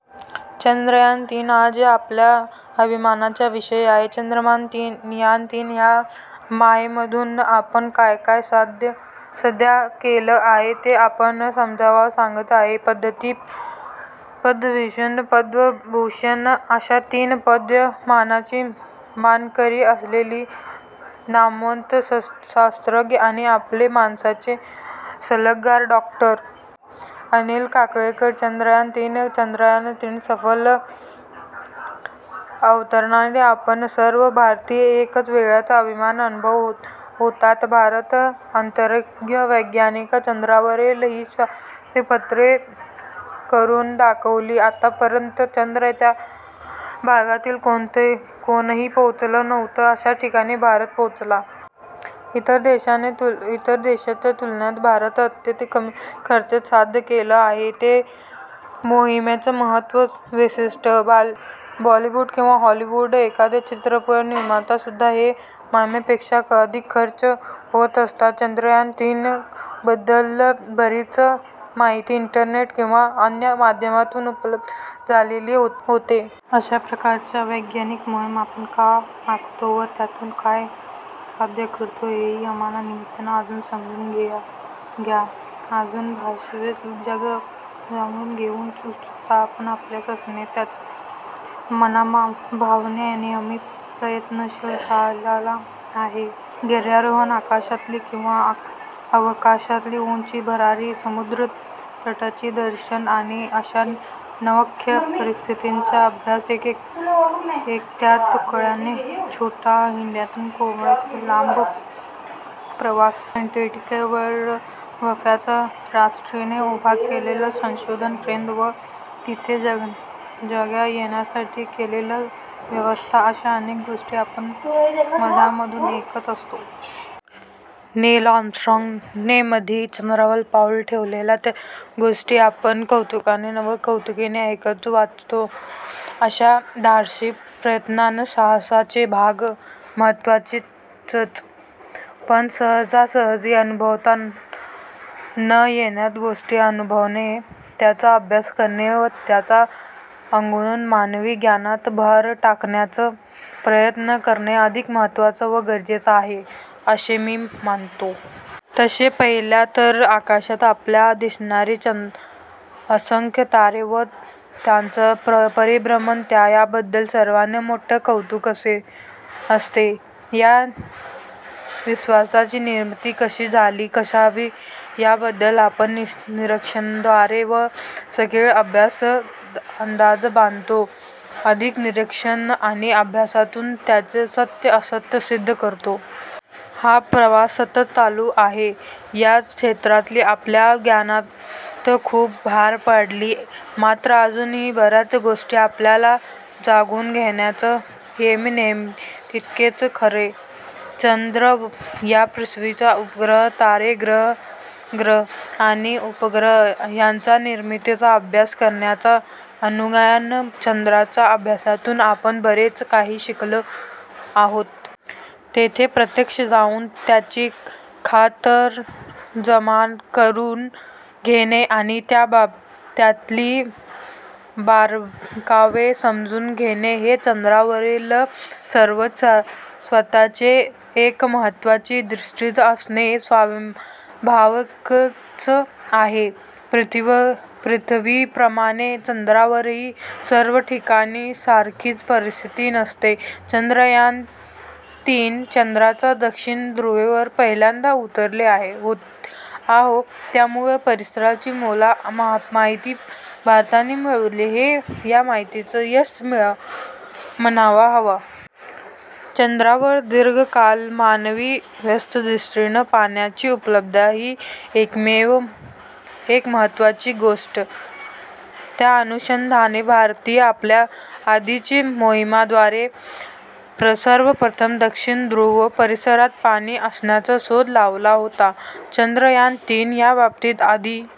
चांद्रयान तीन हा आज आपल्या अभिमानाचा विषय आहे. चांद्रयान- तीन या मोहिमेतून आपण काय साध्य केले आहे ते आपल्याला समजावून सांगत आहेत, पद्मश्री, पद्मविभूषण, पद्मभूषण अशा तीन पद्म सन्मानांचे मानकरी असलेले नामवंत शास्त्रज्ञ आणि आपल्या मासिकाचे सल्लागार डॉ. अनिल काकोडकर! चांद्रयान- तीनच्या चंद्रावरील सफल अवतरणाने आपण सर्व भारतीय एक वेगळाच अभिमान अनुभवत आहोत. भारतीय अंतराळ वैज्ञानिकांनी चंद्रावरील ही स्वारी फत्ते करून दाखवली. आतापर्यंत चंद्राच्या ज्या भागात कोणीही पोहोचलेलं नाही, अशा ठिकाणी भारत पोहोचला. इतर देशांच्या तुलनेत भारताने अत्यंत कमी खर्चात हे साध्य केले आहे, हे या मोहिमेचे महत्त्वाचे वैशिष्ट्य! बॉलिवूड किंवा हॉलिवूडच्या एखाद्या चित्रपटाच्या निर्मितीतसुद्धा या मोहिमेपेक्षा अधिक खर्च होत असतो. चांद्रयान- तीन बद्दल बरीच माहिती इंटरनेट किंवा अन्य माध्यमातून उपलब्ध झालेली आहे. अशा प्रकारच्या वैज्ञानिक मोहिमा आपण का आखतो व त्यातून काय साध्य करतो, हेही या निमित्ताने समजून घेऊ या. आपल्या सभोवतालचे जग जाणून घेण्याची उत्सुकता आपल्याला असते. त्यासाठी मानवनेहमीच प्रयत्नशील राहिलेला आहे. गिर्यारोहण, आकाशात किंवा अवकाशात उंच भरारी, समुद्रतळाचे दर्शन आणि अशा नवख्या परिस्थितीचा अभ्यास, एकट्या-दुकट्याने छोट्या होड्यांतून केलेला लांब पल्ल्याचा प्रवास, अंटार्क्टिकावर बऱ्याच राष्ट्रांनी उभारलेली संशोधन केंद्रे व तेथे जाण्या-येण्यासाठी केलेल्या व्यवस्था अशा अनेक गोष्टी आपण मधूनमधून ऐकत असतो. नील आर्मस्ट्राँगने मध्ये चंद्रावर पाऊल ठेवल्याच्या गोष्टी आपण कुतूहलाने व कौतुकाने ऐकतो, वाचतो. अशा धाडसीप्रयत्नांत साहसाचा भाग तर महत्त्वाचाच, पण सहजासहजी अनुभवता न येणाऱ्या गोष्टी अनुभवणे, त्यांचा अभ्यास करणे व त्या अनुषंगाने मानवी ज्ञानात भर टाकण्याचा प्रयत्न करणे अधिक महत्त्वाचे व गरजेचे आहे, असे मी मानतो. तसे पाहिले तर आकाशात आपल्याला दिसणारे असंख्यतारे व त्यांचं परिभ्रमण याबद्दल सर्वांनाच मोठे कुतूहल असते. या विश्वाचीनिर्मिती कशी झाली असावी याबद्दल आपण निरीक्षणाद्वारे व सखोल अभ्यासाद्वारे अंदाजबांधतो. अधिक निरीक्षण आणि अभ्यासातून त्यांची सत्य-असत्यता सिद्ध करतो. हा प्रवास सतत चालू आहे. या क्षेत्रातीलआपल्या ज्ञानात खूप भर पडली आहे, मात्र अजून बऱ्याचगोष्टी आपल्याला जाणून घ्यायच्या आहेत, हेही तितकेच खरे. चंद्र हा पृथ्वीचा उपग्रह. तारे, ग्रह आणि उपग्रह यांच्या निर्मितीचाअभ्यास करण्याच्या अनुषंगाने चंद्राच्या अभ्यासातून आपण बरेच काही शिकलो आहोत. तेथे प्रत्यक्ष जाऊन त्याची खातरजमाकरून घेणे आणि त्यातील बारकावे समजून घेणे, हे चंद्रावरील सर्वच स्वाऱ्यांचे एक महत्त्वाचे उद्दिष्ट असणे स्वाभाविकच आहे. पृथ्वीप्रमाणे चंद्रावरही सर्वठिकाणी सारखी परिस्थिती नसते. चांद्रयान-तीन चंद्राच्या दक्षिण ध्रुवावरपहिल्यांदाच उतरले आहे, त्यामुळे त्या परिसरातील मोलाची माहिती सर्वप्रथम भारताने मिळवणे, हे या मोहिमेचे महत्त्वाचे यश म्हणायला हवे. चंद्रावर दीर्घकाळ मानवी वास्तव्याच्या दृष्टीने पाण्याची उपलब्धता ही एकमहत्त्वाची गोष्ट. त्याअनुषंगाने भारताने आपल्या आधीच्या मोहिमेद्वारे सर्वप्रथम दक्षिण ध्रुव परिसरात पाणी असल्याचा शोध लावला होता. चांद्रयान- तीन याबाबतीत अधि